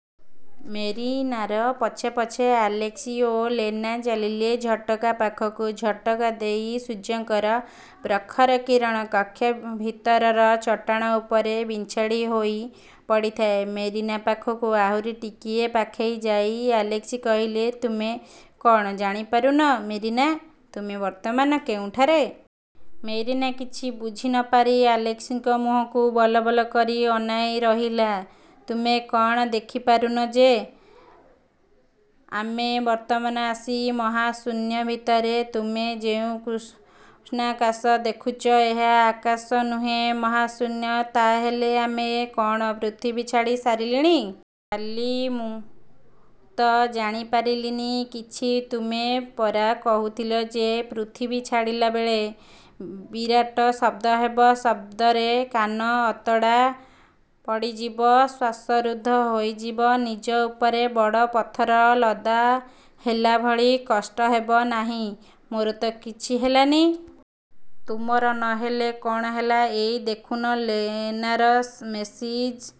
'' ମେରିନାର ପଛେ ପଛେ ଆଲେସ୍କି ଓ ଲେନା ଚାଲିଲେ ଝରକା ପାଖକୁ। ଝରକା ଦେଇ ସୂର୍ଯ୍ୟଙ୍କର ପ୍ରଖର କିରଣ କକ୍ଷ ଭିତରର ଚଟାଣ ଉପରେ ବିଞ୍ଛାଡ଼ି ହୋଇ ପଡ଼ିଥାଏ। ମେରିନା ପାଖକୁ ଆହୁରି ଟିକିଏ ପାଖେଇ ଯାଇ ଆଲେସ୍କି କହିଲେ, ''ତୁମେ କ'ଣ ଜାଣିପାରୁନ ମେରିନା ତୁମେ ବର୍ତ୍ତମାନ କେଉଁଠାରେ? '' ମେରିନା କିଛି ବୁଝି ନ ପାରି ଆଲେସ୍କିଙ୍କ ମୁହଁକୁ ବଲବଲ କରି ଅନାଇ ରହିଲା। ''ତୁମେ କ'ଣ ଦେଖିପାରୁନ ଯେ ଆମେ ବର୍ତ୍ତମାନ ଆସି ମହାଶୂନ୍ୟ ଭିତରେ। ତୁମେ ଯେଉଁ କୃଷ୍ଣାକାଶ ଦେଖୁଛ, ଏହା ଆକାଶ ନୁହେଁ, ମହାଶୂନ୍ୟ। '' ''ତା' ହେଲେ ଆମେ କ'ଣ ପୃଥିବୀ ଛାଡ଼ି ସାରିଲେଣି? କାହିଁ, ମୁଁ ତ ଜାଣିପାରିଲିନି କିଛି! ତୁମେ ପରା କହୁଥିଲ ଯେ, ପୃଥିବୀ ଛାଡ଼ିଲାବେଳେ ବିରାଟ ଶବ୍ଦ ହେବ, ଶବ୍ଦରେ କାନ ଅତଡ଼ା ପଡ଼ିଯିବ, ଶ୍ୱାସରୁଦ୍ଧ ହୋଇଯିବ, ନିଜ ଉପରେ ବଡ଼ ପଥର ଲଦା ହେଲାଭଳି କଷ୍ଟ ହେବ। କାହିଁ, ମୋର ତ କିଛି ହେଲାନି? '' ''ତୁମର ନ ହେଲେ କ'ଣ ହେଲା, ଏଇ ଦେଖୁନ ଲେନାର ସେମିଜ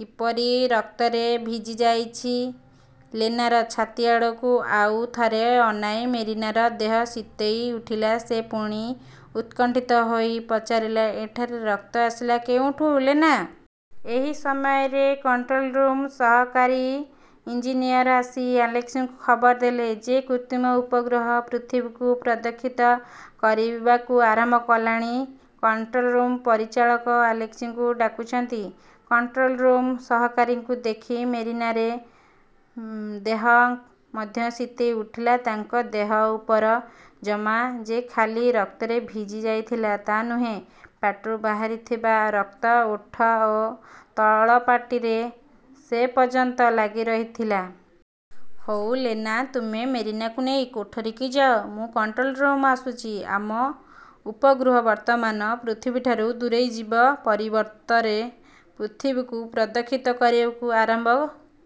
କିପରି ରକ୍ତରେ ଭିଜିଯାଇଛି। '' ଲେନାର ଛାତି ଆଡ଼କୁ ଆଉ ଥରେ ଅନାଇ ମେରିନାର ଦେହ ଶୀତେଇ ଉଠିଲା। ସେ ପୁଣି ଉତ୍କଣ୍ଠିତ ହୋଇ ପଚାରିଲା, ''ଏଠାରେ ରକ୍ତ ଆସିଲା କେଉଁଠୁ ଲେନା? '' ଏହି ସମୟରେ କଣ୍ଟ୍ରୋଲ ରୁମ୍ର ସହକାରୀ ଇଞ୍ଜିନିୟର ଆସି ଆଲେସ୍କିଙ୍କୁ ଖବର ଦେଲେ ଯେ କୃତ୍ରିମ ଉପଗ୍ରହ ପୃଥିବୀକୁ ପ୍ରଦକ୍ଷିଣ କରିବାକୁ ଆରମ୍ଭ କଲାଣି। କଣ୍ଟ୍ରୋଲ୍ରୁମ୍ର ପରିଚାଳକ ଆଲେସ୍କିଙ୍କୁ ଡାକୁଛନ୍ତି। କଣ୍ଟ୍ରୋଲ୍ରୁମ୍ର ସହକାରୀଙ୍କୁ ଦେଖି ମେରିନାର ଦେହ ମଧ୍ୟ ଶୀତେଇ ଉଠିଲା। ତାଙ୍କ ଦେହ ଉପର ଜମା ଯେ ଖାଲି ରକ୍ତରେ ଭିଜି ଯାଇଥିଲା ତା ନୁହେଁ, ପାଟିରୁ ବାହାରିଥିବା ରକ୍ତ, ଓଠ ଓ ତଳପାଟିରେ ସେପର୍ଯ୍ୟନ୍ତ ଲାଗିରହିଥିଲା। ''ହେଉ ଲେନା, ତୁମେ ମେରିନାକୁ ନେଇ କୋଠରିକୁ ଯାଅ, ମୁଁ କଣ୍ଟ୍ରୋଲ୍ ରୁମ୍ରୁ ଆସୁଛି। ଆମ ଉପଗ୍ରହ ବର୍ତ୍ତମାନ ପୃଥିବୀଠାରୁ ଦୂରେଇଯିବା ପରିବର୍ତ୍ତରେ ପୃଥିବୀକୁ ପ୍ରଦକ୍ଷିଣ କରିବାକୁ ଆରମ୍ଭ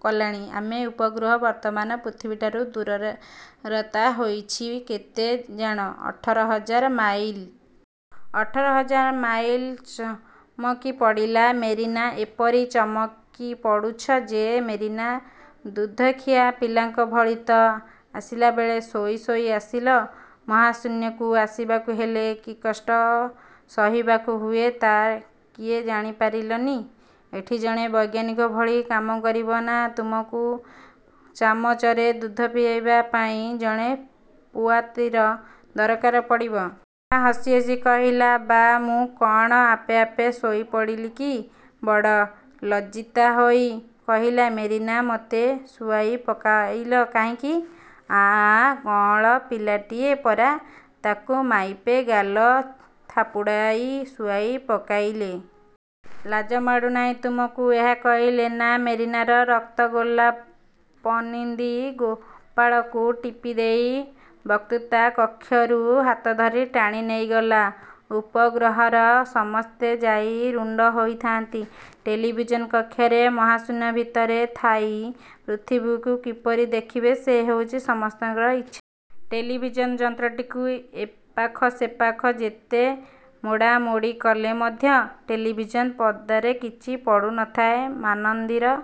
କଲାଣି। ଆମ ଉପଗ୍ରହର ବର୍ତ୍ତମାନ ପୃଥିବୀଠାରୁ ଦୂରତା ହେଉଛି କେତେ ଜାଣ-? ଅଠର ହଜାର ମାଇଲ? '' ''ଅଠର ହଜାର ମାଇଲ! '' ଚମକିପଡ଼ିଲା ମେରିନା। ''ଏପରି ଚମକିପଡ଼ୁଛ ଯେ ମେରିନା? ଦୁଧଖିଆ ପିଲାଙ୍କ ଭଳି ତ ଆସିଲାବେଳେ ଶୋଇ ଶୋଇ ଆସିଲ। ମହାଶୂନ୍ୟକୁ ଆସିବାକୁ ହେଲେ କି କଷ୍ଟ ସହିବାକୁ ହୁଏ ତା' ଟିକିଏ ଜାଣିପାରିଲନି। ଏଠି ଜଣେ ବୈଜ୍ଞାନିକ ଭଳି କାମ କରିବ ନା ତୁମକୁ ଚାମଚରେ ଦୁଧ ପିଆଇବା ପାଇଁ ଜଣେ ପୁଆତୀର ଦରକାର ପଡ଼ିବ? '' ଲେନା ହସି ହସି କହିଲା। ''ବାଃ ମୁଁ କ'ଣ ଆପେ ଆପେ ଶୋଇପଡ଼ିଲି କି? '' ବଡ଼ ଲଜ୍ଜିତା ହୋଇ କହିଲା ମେରିନା, 'ମୋତେ ଶୁଆଇ ପକାଇଲ କାହିଁକି? '' ''ଆଃ, ଆଃ, କଅଁଳ ପିଲାଟିଏ ପରା। ତା'କୁ ମାଇପେ ଗାଲ ଥାପୁଡ଼ାଇ ଶୁଆଇ ପକାଇଲେ। ଲାଜ ମାଡ଼ୁନାହିଁ ତୁମକୁ। '' ଏହା କହି ଲେନା ମେରିନାର ରକ୍ତଗୋଲାପନିନ୍ଦୀ କପୋଳକୁ ଟିପିଦେଇ ବକ୍ତୃତା କକ୍ଷରୁ ହାତଧରି ଟାଣି ନେଇଗଲା। ଉପଗ୍ରହର ସମସ୍ତେ ଯାଇ ରୁଣ୍ଡ ହୋଇଥାଆନ୍ତି ଟେଲିଭିଜନ୍ କକ୍ଷରେ। ମହାଶୂନ୍ୟ ଭିତରେ ଥାଇ ପୃଥିବୀକୁ କିପରି ଦେଖିବେ ସେଇ ହେଉଛି ସମସ୍ତଙ୍କ ଇଚ୍ଛା। ଟେଲିଭିଜନ୍ ଯନ୍ତ୍ରଟିକୁ ଏପାଖ ସେପାଖ ଯେତେ ମୋଡ଼ାମୋଡ଼ି କଲେ ମଧ୍ୟ ଟେଲିଭିଜନ୍ ପର୍ଦ୍ଦାରେ କିଛି ପଡ଼ୁ ନଥାଏ। ମାନମନ୍ଦିର